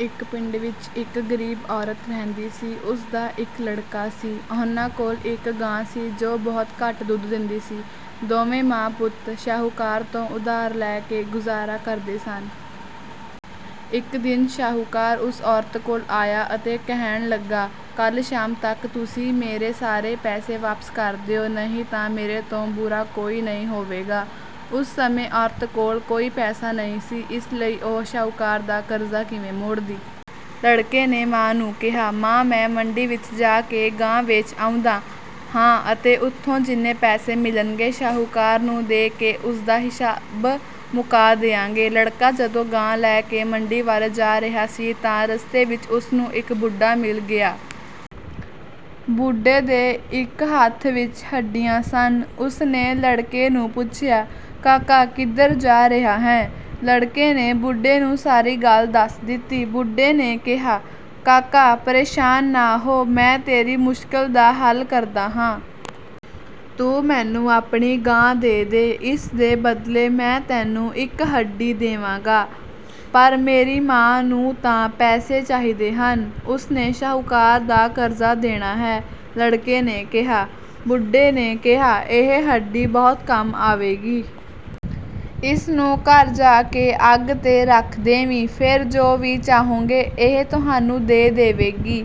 ਇੱਕ ਪਿੰਡ ਵਿੱਚ ਇੱਕ ਗ਼ਰੀਬ ਔਰਤ ਰਹਿੰਦੀ ਸੀ। ਉਸ ਦਾ ਇੱਕ ਲੜਕਾ ਸੀ। ਉਹਨਾਂ ਕੋਲ ਇੱਕ ਗਾਂ ਸੀ, ਜੋ ਬਹੁਤ ਘੱਟ ਦੁੱਧ ਦਿੰਦੀ ਸੀ। ਦੋਵੇਂ ਮਾਂ-ਪੁੱਤ ਸ਼ਾਹੂਕਾਰ ਤੋਂ ਉਧਾਰ ਲੈ ਕੇ ਗੁਜ਼ਾਰਾ ਕਰਦੇ ਸਨ। ਇੱਕ ਦਿਨ ਸ਼ਾਹੂਕਾਰ ਉਸ ਔਰਤ ਕੋਲ ਆਇਆ ਅਤੇ ਕਹਿਣ ਲੱਗਾ, "ਕੱਲ੍ਹ ਸ਼ਾਮ ਤੱਕ ਤੁਸੀਂ ਮੇਰੇ ਸਾਰੇ ਪੈਸੇ ਵਾਪਸ ਕਰ ਦਿਓ, ਨਹੀਂ ਤਾਂ ਮੇਰੇ ਤੋਂ ਬੁਰਾ ਕੋਈ ਨਹੀਂ ਹੋਵੇਗਾ।" ਉਸ ਸਮੇਂ ਔਰਤ ਕੋਲ ਕੋਈ ਪੈਸਾ ਨਹੀਂ ਸੀ, ਇਸ ਲਈ ਉਹ ਸ਼ਾਹੂਕਾਰ ਦਾ ਕਰਜ਼ਾ ਕਿਵੇਂ ਮੋੜਦੀ? ਲੜਕੇ ਨੇ ਮਾਂ ਨੂੰ ਕਿਹਾ, "ਮਾਂ, ਮੈਂ ਮੰਡੀ ਵਿੱਚ ਜਾ ਕੇ ਗਾਂ ਵੇਚ ਆਉਂਦਾ ਹਾਂ ਅਤੇ ਉੱਥੋਂ ਜਿੰਨੇ ਪੈਸੇ ਮਿਲਣਗੇ, ਸ਼ਾਹੂਕਾਰ ਨੂੰ ਦੇ ਕੇ ਉਸ ਦਾ ਹਿਸਾਬ ਮੁਕਾ ਦਿਆਂਗੇ।" ਲੜਕਾ ਜਦੋਂ ਗਾਂ ਲੈ ਕੇ ਮੰਡੀ ਵੱਲ ਜਾ ਰਿਹਾ ਸੀ ਤਾਂ ਰਸਤੇ ਵਿੱਚ ਉਸ ਨੂੰ ਇੱਕ ਬੁੱਢਾ ਮਿਲ ਗਿਆ। ਬੁੱਢੇ ਦੇ ਇੱਕ ਹੱਥ ਵਿੱਚ ਹੱਡੀਆਂ ਸਨ। ਉਸ ਨੇ ਲੜਕੇ ਨੂੰ ਪੁੱਛਿਆ, "ਕਾਕਾ, ਕਿੱਧਰ ਜਾ ਰਿਹਾ ਹੈਂ?" ਲੜਕੇ ਨੇ ਬੁੱਢੇ ਨੂੰ ਸਾਰੀ ਗੱਲ ਦੱਸ ਦਿੱਤੀ। ਬੁੱਢੇ ਨੇ ਕਿਹਾ, "ਕਾਕਾ, ਪ੍ਰੇਸ਼ਾਨ ਨਾ ਹੋ, ਮੈਂ ਤੇਰੀ ਮੁਸ਼ਕਲ ਦਾ ਹੱਲ ਕਰਦਾ ਹਾਂ। ਤੂੰ ਮੈਨੂੰ ਆਪਣੀ ਗਾਂ ਦੇ ਦੇ, ਇਸ ਦੇ ਬਦਲੇ ਮੈਂ ਤੈਨੂੰ ਇੱਕ ਹੱਡੀ ਦੇਵਾਂਗਾ।" "ਪਰ ਮੇਰੀ ਮਾਂ ਨੂੰ ਤਾਂ ਪੈਸੇ ਚਾਹੀਦੇ ਹਨ, ਉਸ ਨੇ ਸ਼ਾਹੂਕਾਰ ਦਾ ਕਰਜ਼ਾ ਦੇਣਾ ਹੈ," ਲੜਕੇ ਨੇ ਕਿਹਾ। ਬੁੱਢੇ ਨੇ ਕਿਹਾ, "ਇਹ ਹੱਡੀ ਬਹੁਤ ਕੰਮ ਆਵੇਗੀ। ਇਸ ਨੂੰ ਘਰ ਜਾ ਕੇ ਅੱਗ 'ਤੇ ਰੱਖ ਦੇਵੀਂ, ਫਿਰ ਜੋ ਵੀ ਚਾਹੋਗੇ, ਇਹ ਤੁਹਾਨੂੰ ਦੇ ਦੇਵੇਗੀ।"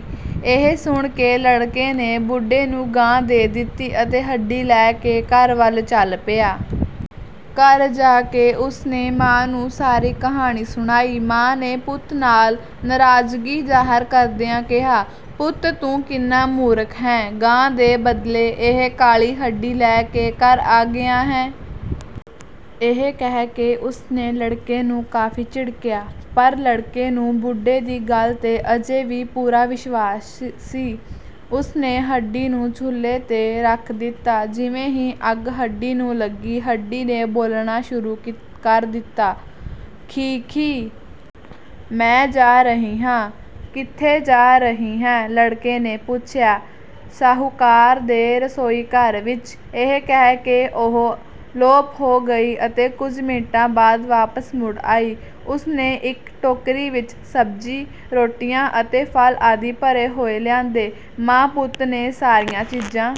ਇਹ ਸੁਣ ਕੇ ਲੜਕੇ ਨੇ ਬੁੱਢੇ ਨੂੰ ਗਾਂ ਦੇ ਦਿੱਤੀ ਅਤੇ ਹੱਡੀ ਲੈ ਕੇ ਘਰ ਵੱਲ ਚੱਲ ਪਿਆ। ਘਰ ਜਾ ਕੇ ਉਸ ਨੇ ਮਾਂ ਨੂੰ ਸਾਰੀ ਕਹਾਣੀ ਸੁਣਾਈ। ਮਾਂ ਨੇ ਪੁੱਤ ਨਾਲ ਨਾਰਾਜ਼ਗੀ ਜ਼ਾਹਰ ਕਰਦਿਆਂ ਕਿਹਾ, "ਪੁੱਤ, ਤੂੰ ਕਿੰਨਾ ਮੂਰਖ ਹੈਂ! ਗਾਂ ਦੇ ਬਦਲੇ ਇਹ ਕਾਲੀ ਹੱਡੀ ਲੈ ਕੇ ਘਰ ਆ ਗਿਆ ਹੈਂ?" ਇਹ ਕਹਿ ਕੇ ਉਸ ਨੇ ਲੜਕੇ ਨੂੰ ਕਾਫ਼ੀ ਝਿੜਕਿਆ। ਪਰ ਲੜਕੇ ਨੂੰ ਬੁੱਢੇ ਦੀ ਗੱਲ 'ਤੇ ਅਜੇ ਵੀ ਪੂਰਾ ਵਿਸ਼ਵਾਸ ਸੀ। ਉਸ ਨੇ ਹੱਡੀ ਨੂੰ ਚੁੱਲ੍ਹੇ 'ਤੇ ਰੱਖ ਦਿੱਤਾ। ਜਿਵੇਂ ਹੀ ਅੱਗ ਹੱਡੀ ਨੂੰ ਲੱਗੀ, ਹੱਡੀ ਨੇ ਬੋਲਣਾ ਸ਼ੁਰੂ ਕਰ ਦਿੱਤਾ, "ਖੀਂ-ਖੀਂ... ਮੈਂ ਜਾ ਰਹੀ ਹਾਂ।" "ਕਿੱਥੇ ਜਾ ਰਹੀ ਹੈਂ?" ਲੜਕੇ ਨੇ ਪੁੱਛਿਆ। "ਸ਼ਾਹੂਕਾਰ ਦੇ ਰਸੋਈ ਘਰ ਵਿੱਚ," ਇਹ ਕਹਿ ਕੇ ਉਹ ਲੋਪ ਹੋ ਗਈ ਅਤੇ ਕੁਝ ਮਿੰਟਾਂ ਬਾਅਦ ਵਾਪਸ ਮੁੜ ਆਈ। ਉਸ ਨੇ ਇੱਕ ਟੋਕਰੀ ਵਿੱਚ ਸਬਜ਼ੀ, ਰੋਟੀਆਂ ਅਤੇ ਫ਼ਲ ਆਦਿ ਭਰੇ ਹੋਏ ਲਿਆਂਦੇ। ਮਾਂ-ਪੁੱਤ ਨੇ ਸਾਰੀਆਂ ਚੀਜ਼ਾਂ